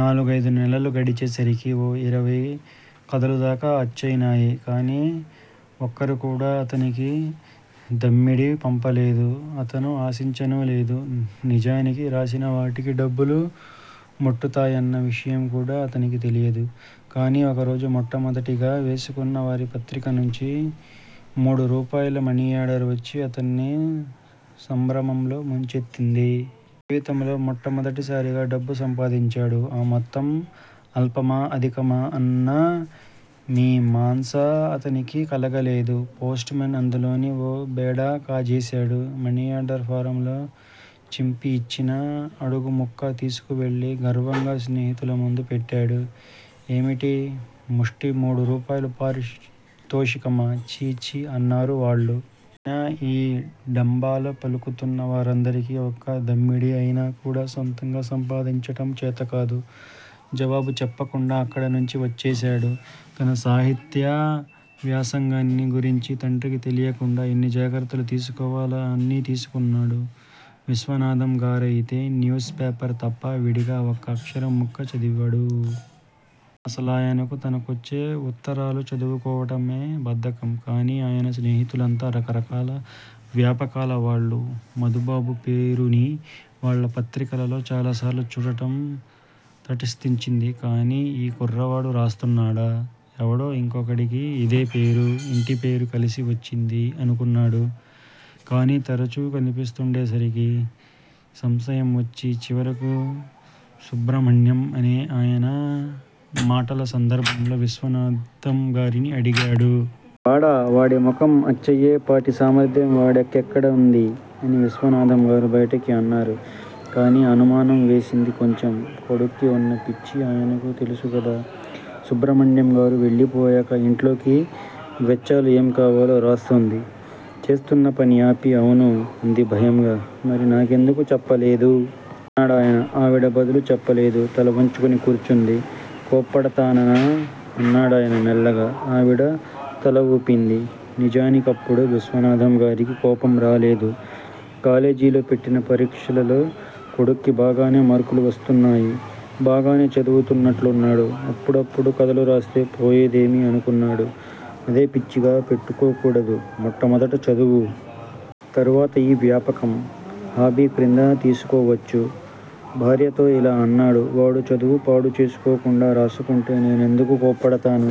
నాలుగయిదు నెలలు గడిచేసరికి ఓ యిరవై కథలుదాకా అచ్చయినాయి. కానీ ఒక్కరుకూడా అతనికి దమ్మిడీ పంపలేదు. అతను ఆశించనూలేదు. నిజానికి రాసినవాటికి డబ్బులు ముట్టుతాయన్న విషయంకూడా అతనికి తెలియదు. కాని ఒకరోజు మొట్టమొదటిగా వేసుకున్న వారి పత్రికనుంచి మూడురూపాయలు మనిఆర్డర్ వచ్చి అతన్ని సంభ్రమంలో ముంచెత్తింది. జీవితంలో మొట్టమొదటిసారిగా డబ్బు సంపాదించాడు. ఆ మొత్తం అల్పమా అధికమా అన్న మీమాంస అతనికి కలగలేదు. పోస్టుమేన్ అందులోనే ఓ బేడా కాజేశాడు. మనిఆర్దర్ ఫారంలో చింపియిచ్చిన అడుగుముక్క తీసుకువెళ్లి గర్వంగా స్నేహితులముందు పెట్టాడు. ఏమిటి? ముష్టి మూడు రూపాయల పారితోషికమా? ఛీఛీ అన్నారు వాళ్లు. అయినా ఈ డంబాలు పలుకుతున్న వారందరికీ ఒక్క దమ్మిడీ అయినాకూడా సొంతంగా సంపాదించటం చేతకాదు. జవాబు చెప్పకుండా అక్కడినుంచి వచ్చేశాడు. తన సాహిత్య వ్యాసంగాన్ని గురించి తండ్రికి తెలియకుండా ఎన్ని జాగ్రత్తలు తీసుకోవాలో అన్నీ తీసుకున్నాడు. విశ్వనాథంగారయితే న్యూస్ పేపర్ తప్ప విడిగా ఒక్క అక్షరంముక్క చదవడు. అసలాయనకు తనకొచ్చే వుత్తరాలు చదువుకోవటమే బద్ధకం. కాని ఆయన స్నేహితులంతా రకరకాల వ్యాపకాల వాళ్లు. మధుబాబు పేరుని వాళ్లు పత్రికలలో చాలాసార్లు చూడటం తటస్థించింది. కాని ఈ కుర్రవాడు రాస్తున్నాడా? ఎవడో ఇంకొకడికి ఇదే పేరూ, ఇంటిపేరూ కలిసి వచ్చింది అనుకున్నారు. కాని తరచు కనిపిస్తుండేసరికి సంశయం వచ్చి, చివరకు సుబ్రహ్మణ్యం అనే ఆయన మాటల సందర్భంలో విశ్వనాథంగారిని అడిగాడు. వాడా! వాడి మొహం. అచ్చయే పాటి సామర్థ్యం వాడికెక్కడ వుంది? అని విశ్వనాథంగారు బయటికి అన్నారు. కాని అనుమానం వేసింది కొంచెం. కొడుక్కి వున్న పిచ్చి ఆయనకు తెలుసుగదా. సుబ్రహ్మణ్యంగారు వెళ్ళిపోయాక ఇంట్లోకి వెచ్చాలు ఏంకావాలో రాస్తోంది. చేస్తున్నపని ఆపి అవును అంది భయంగా. మరి నాకెందుకు చెప్పలేదు? అన్నాడాయన. ఆవిడ బదులు చెప్పలేదు. తలవంచుకుని కూర్చుంది. కోప్పడతాననా అన్నాడాయన మెల్లగా. ఆవిడ తలవూపింది. నిజానికిప్పుడు విశ్వనాథంగారికి కోపంరాలేదు. కాలేజీలో పెట్టిన పరీక్షలలో కొడుక్కి బాగానే మార్కులు వస్తున్నాయి. బాగానే చదువుతున్నట్లున్నాడు. అప్పుడప్పుడూ కథలు రాస్తే పోయిందేమి? అనుకున్నాడు. అదే పిచ్చిగా పెట్టుకోకూడదు. మొట్టమొదట చదువు. తరువాత యీ వ్యాపకం. హాబీక్రింద తీసుకోవచ్చు. భార్యతో యిలా అన్నాడు. వాడు చదువు పాడుచేసుకోకుండా రాసుకుంటే నేనెందుకు కోప్పడతాను?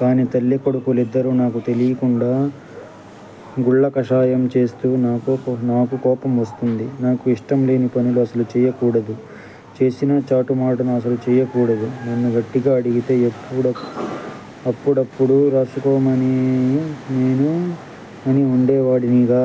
కాని తల్లీ కొడుకులిద్దరూ నాకు తెలీకుండా గుళ్ళకాషాయం చేస్తే నాకు కోపంవస్తుంది. నాకు ఇష్టంలేని పని అసలు చెయ్యకూడదు. చేసినా చాటుమాటున అసలు చెయ్యకూడదు. నన్ను గట్టిగా అడిగితే అప్పుడప్పుడూ రాసుకొనమని నేనే అని వుండేవాడినిగా.